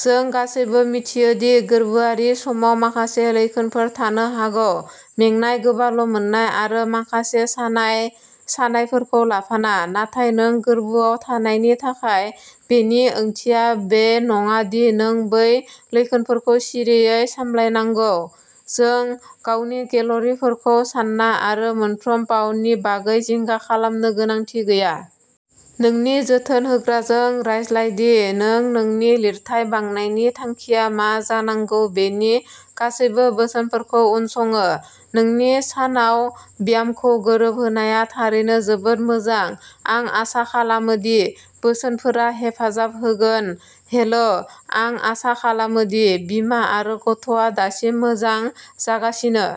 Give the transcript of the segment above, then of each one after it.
जों गासैबो मिथियो दि गोर्बोआरि समाव माखासे लैखोनफोर थानो हागौ। मेंनाय, गोबाल'मोननाय, आरो माखासे सानाय-सानायफोरखौ लाफाना। नाथाय नों गोर्बोआव थानायनि थाखाय, बेनि ओंथिया बे नङा दि नों बै लैखोनफोरखौ सिरिङै सामलायनांगौ। नों गावनि केल'रिफोरखौ सान्ना आरो मोनफ्रोम पाउन्दनि बागै जिंगा खालामनो गोनांथि गैया। नोंनि जोथोन होग्राजों रायज्लाय दि नों नोंनि लिरथाय बांनायनि थांखिआ मा जानांगौ बेनि गासैबो बोसोनफोरखौ उनसङो। नोंनि सानाव ब्यामखौ गोरोबहोनाया थारैनो जोबोद मोजां। आं आसा खालामो दि बोसोनफोरा हेफाजाब होगोन। हेलो! आं आसा खालामो दि बिमा आरो गथ'आ दासिम मोजां जागासिनो!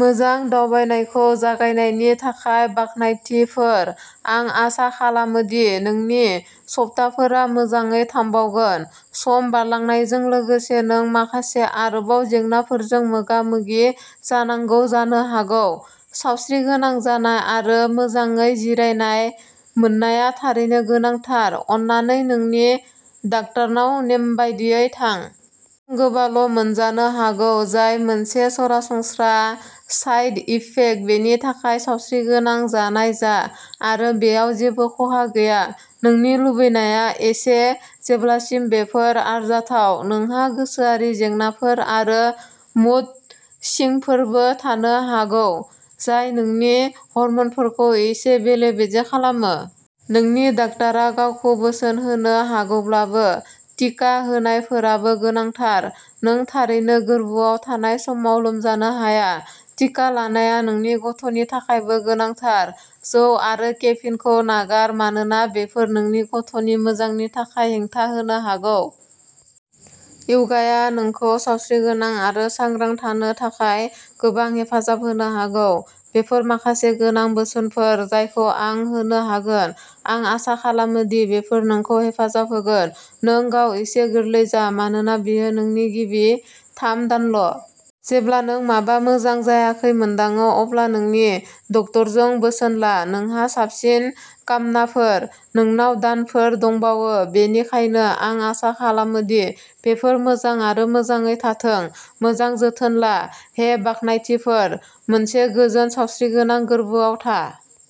मोजां दावबायनायखौ जागायनायनि थाखाय बाख्नायथिफोर। आं आसा खालामो दि नोंनि सप्ताफोरा मोजाङै थांबावगोन। सम बारलांनायजों लोगोसे नों माखासे आरोबाव जेंनाफोरजों मोगा-मोगि जानांगौ जानो हागौ। सावस्रिगोनां जानाय आरो मोजाङै जिरायनाय मोननाया थारैनो गोनांथार। अन्नानै नोंनि डाक्टारनाव नेमबादियै थां। नों गोबाल'मोनजानो हागौ जाय मोनसे सरासनस्रा साइड इफेक्ट, बेनि थाखाय सावस्रिगोनां जानाय जा आरो बेयाव जेबो खहा गैया। नोंनि लुबैनाया एसे। जेब्लासिम बेफोर आरजाथाव। नोंहा गोसोआरि जेंनाफोर आरो मुड स्विंगफोरबो थानो हागौ, जाय नोंनि हर्मोनफोरखौ एसे बेले-बेजे खालामो। नोंनि डाक्टारा गावखौ बोसोन होनो हागौब्लाबो, टिका होनायफोराबो गोनांथार। नों थारैनो गोर्बोआव थानाय समाव लोमजानो हाया। टिका लानाया नोंनि गथ'नि थाखायबो गोनांथार। जौ आरो केफिनखौ नागार मानोना बेफोर नोंनि गथ'नि मोजांनि थाखाय हेंथा होनो हागौ। य'गाया नोंखौ सावस्रिगोनां आरो सांग्रां थानो थाखाय गोबां हेफाजाब होनो हागौ। बेफोर माखासे गोनां बोसोनफोर जायखौ आं होनो हागोन। आं आसा खालामो दि बेफोर नोंखौ हेफाजाब होगोन। नोंगाव एसे गोरलै जा मानोना बेयो नोंनि गिबि थाम-दानल'। जेब्ला नों माबा मोजां जायाखै मोनदाङो अब्ला नोंनि डक्ट'रजों बोसोन ला। नोंहा साबसिन कामनाफोर। नोंनाव दानफोर दंबावो, बेनिखायनो आं आसा खालामो दि बेफोर मोजां आरो मोजाङै थांथों। मोजां जोथोन ला! हे, बाख्नायथिफोर!!! मोनसे गोजोन सावस्रिगोनां गोर्बोआव था।